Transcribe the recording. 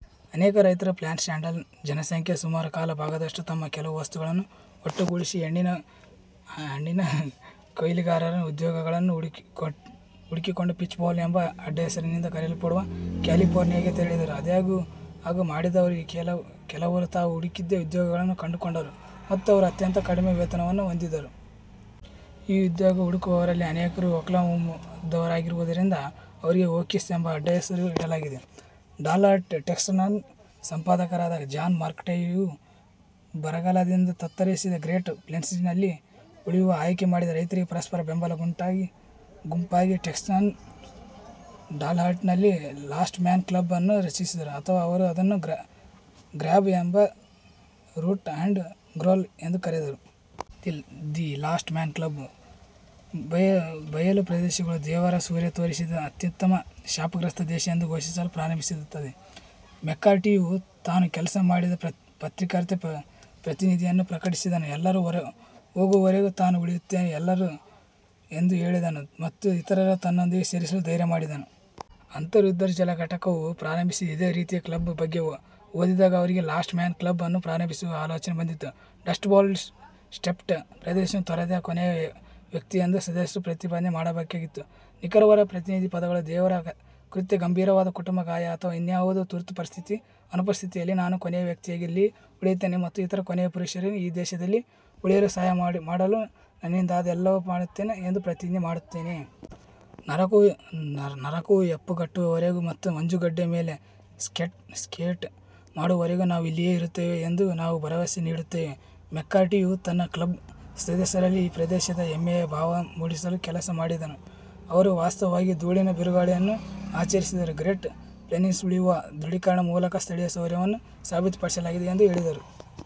ಅನೇಕ ರೈತರು, ಪ್ಯಾನ್ಹ್ಯಾಂಡಲ್ ಜನಸಂಖ್ಯೆಯ ಸುಮಾರು ಕಾಲು ಭಾಗದಷ್ಟು, ತಮ್ಮ ಕೆಲವು ವಸ್ತುಗಳನ್ನು ಒಟ್ಟುಗೂಡಿಸಿ, ಹಣ್ಣಿನ ಕೊಯ್ಲುಗಾರರಾಗಿ ಉದ್ಯೋಗಗಳನ್ನು ಹುಡುಕಿಕೊಂಡು "ಪೀಚ್ ಬೌಲ್" ಎಂಬ ಅಡ್ಡಹೆಸರಿನಿಂದ ಕರೆಯಲ್ಪಡುವ ಕ್ಯಾಲಿಫೋರ್ನಿಯಾಗೆ ತೆರಳಿದರು. ಆದಾಗ್ಯೂ, ಹಾಗೆ ಮಾಡಿದವರಲ್ಲಿ, ಕೆಲವರು ತಾವು ಹುಡುಕಿದ ಉದ್ಯೋಗಗಳನ್ನು ಕಂಡುಕೊಂಡರು, ಮತ್ತು ಅವರು ಅತ್ಯಂತ ಕಡಿಮೆ ವೇತನವನ್ನು ಹೊಂದಿದ್ದರು. ಈ ಉದ್ಯೋಗ ಹುಡುಕುವವರಲ್ಲಿ ಅನೇಕರು ಒಕ್ಲಹೋಮಾದವರಾಗಿರುವುದರಿಂದ ಅವರಿಗೆ "ಓಕೀಸ್" ಎಂಬ ಅಡ್ಡಹೆಸರು ಇಡಲಾಗಿತ್ತು. ಡಾಲ್ಹಾರ್ಟ್ ಟೆಕ್ಸಾನ್ನ ಸಂಪಾದಕರಾದ ಜಾನ್ ಮ್ಯಾಕ್ಕಾರ್ಟಿಯು, ಬರಗಾಲದಿಂದ ತತ್ತರಿಸಿದ ಗ್ರೇಟ್ ಪ್ಲೇನ್ಸ್ನಲ್ಲಿ ಉಳಿಯಲು ಆಯ್ಕೆ ಮಾಡಿದ ರೈತರಿಗೆ ಪರಸ್ಪರ ಬೆಂಬಲ ಗುಂಪಾಗಿ ಟೆಕ್ಸಾಸ್ನ ಡಾಲ್ಹಾರ್ಟ್ನಲ್ಲಿ ಲಾಸ್ಟ್ ಮ್ಯಾನ್ ಕ್ಲಬ್ ಅನ್ನು ರಚಿಸಿದರು ಅಥವಾ ಅವರು ಅದನ್ನು "grab a root and growl" ಎಂದು ಕರೆದರು. ದಿ ಲಾಸ್ಟ್ ಮ್ಯಾನ್ ಕ್ಲಬ್ ಬಯಲು ಪ್ರದೇಶಗಳು "ದೇವರ ಸೂರ್ಯ ತೋರಿಸಿದ ಅತ್ಯುತ್ತಮ ಶಾಪಗ್ರಸ್ತ ದೇಶ" ಎಂದು ಘೋಷಿಸಲು ಪ್ರಾರಂಭಿಸುತ್ತದೆ, ಮೆಕ್ಕಾರ್ಟಿಯು ತಾನು ಕೆಲಸ ಮಾಡಿದ ಪತ್ರಿಕೆಯಲ್ಲಿ ಪ್ರತಿಜ್ಞೆಯನ್ನು ಪ್ರಕಟಿಸಿದನು, ಎಲ್ಲರೂ ಹೋಗುವವರೆಗೂ ತಾನು ಉಳಿಯುತ್ತೇನೆ ಎಂದು ಹೇಳಿದನು ಮತ್ತು ಇತರರಿಗೆ ತನ್ನೊಂದಿಗೆ ಸೇರಲು ಧೈರ್ಯ ಮಾಡಿದನು. ಅಂತರ್ಯುದ್ಧದ ಘಟಕವು ಪ್ರಾರಂಭಿಸಿದ ಇದೇ ರೀತಿಯ ಕ್ಲಬ್ನ ಬಗ್ಗೆ ಓದಿದಾಗ ಅವರಿಗೆ ಲಾಸ್ಟ್ ಮ್ಯಾನ್ ಕ್ಲಬ್ ಅನ್ನು ಪ್ರಾರಂಭಿಸುವ ಆಲೋಚನೆ ಬಂದಿತು. ಡಸ್ಟ್-ಬೌಲ್-ಸ್ವೆಪ್ಟ್ ಪ್ರದೇಶವನ್ನು ತೊರೆದ ಕೊನೆಯ ವ್ಯಕ್ತಿ ಎಂದು ಸದಸ್ಯರು ಪ್ರತಿಜ್ಞೆ ಮಾಡಬೇಕಾಗಿತ್ತು. ನಿಖರವಾದ ಪ್ರತಿಜ್ಞೆಯ ಪದಗಳು "ದೇವರ ಕೃತ್ಯ, ಗಂಭೀರವಾದ ಕುಟುಂಬದ ಗಾಯ ಅಥವಾ ಇನ್ನಾವುದೇ ತುರ್ತು ಪರಿಸ್ಥಿತಿಯ ಅನುಪಸ್ಥಿತಿಯಲ್ಲಿ, ನಾನು ಕೊನೆಯ ವ್ಯಕ್ತಿಯಾಗಿ ಇಲ್ಲಿಯೇ ಉಳಿಯುತ್ತೇನೆ ಮತ್ತು ಇತರ ಕೊನೆಯ ಪುರುಷರು ಈ ದೇಶದಲ್ಲಿ ಉಳಿಯಲು ಸಹಾಯ ಮಾಡಲು ನನ್ನಿಂದಾದ ಎಲ್ಲವನ್ನೂ ಮಾಡುತ್ತೇನೆ ಎಂದು ಪ್ರತಿಜ್ಞೆ ಮಾಡುತ್ತೇನೆ. ನರಕವು ಹೆಪ್ಪುಗಟ್ಟುವವರೆಗೆ ಮತ್ತು ಮಂಜುಗಡ್ಡೆಯ ಮೇಲೆ ಸ್ಕೇಟ್ ಮಾಡುವವರೆಗೆ ನಾವು ಇಲ್ಲಿಯೇ ಇರುತ್ತೇವೆ ಎಂದು ನಾವು ಭರವಸೆ ನೀಡುತ್ತೇವೆ. ಮೆಕ್ಕಾರ್ಟಿಯು ತನ್ನ ಕ್ಲಬ್ನ ಸದಸ್ಯರಲ್ಲಿ ಈ ಪ್ರದೇಶದಲ್ಲಿ ಹೆಮ್ಮೆಯ ಭಾವವನ್ನು ಮೂಡಿಸಲು ಕೆಲಸ ಮಾಡಿದನು. ಅವರು ವಾಸ್ತವವಾಗಿ ಧೂಳಿನ ಬಿರುಗಾಳಿಗಳನ್ನು ಆಚರಿಸಿದರು, ಗ್ರೇಟ್ ಪ್ಲೇನ್ಸ್ನಲ್ಲಿ ಉಳಿಯುವ ದೃಢೀಕರಣದ ಮೂಲಕ ಸ್ಥಳೀಯರ ಶೌರ್ಯವನ್ನು ಸಾಬೀತುಪಡಿಸಲಾಗಿದೆ ಎಂದು ಹೇಳಿದರು.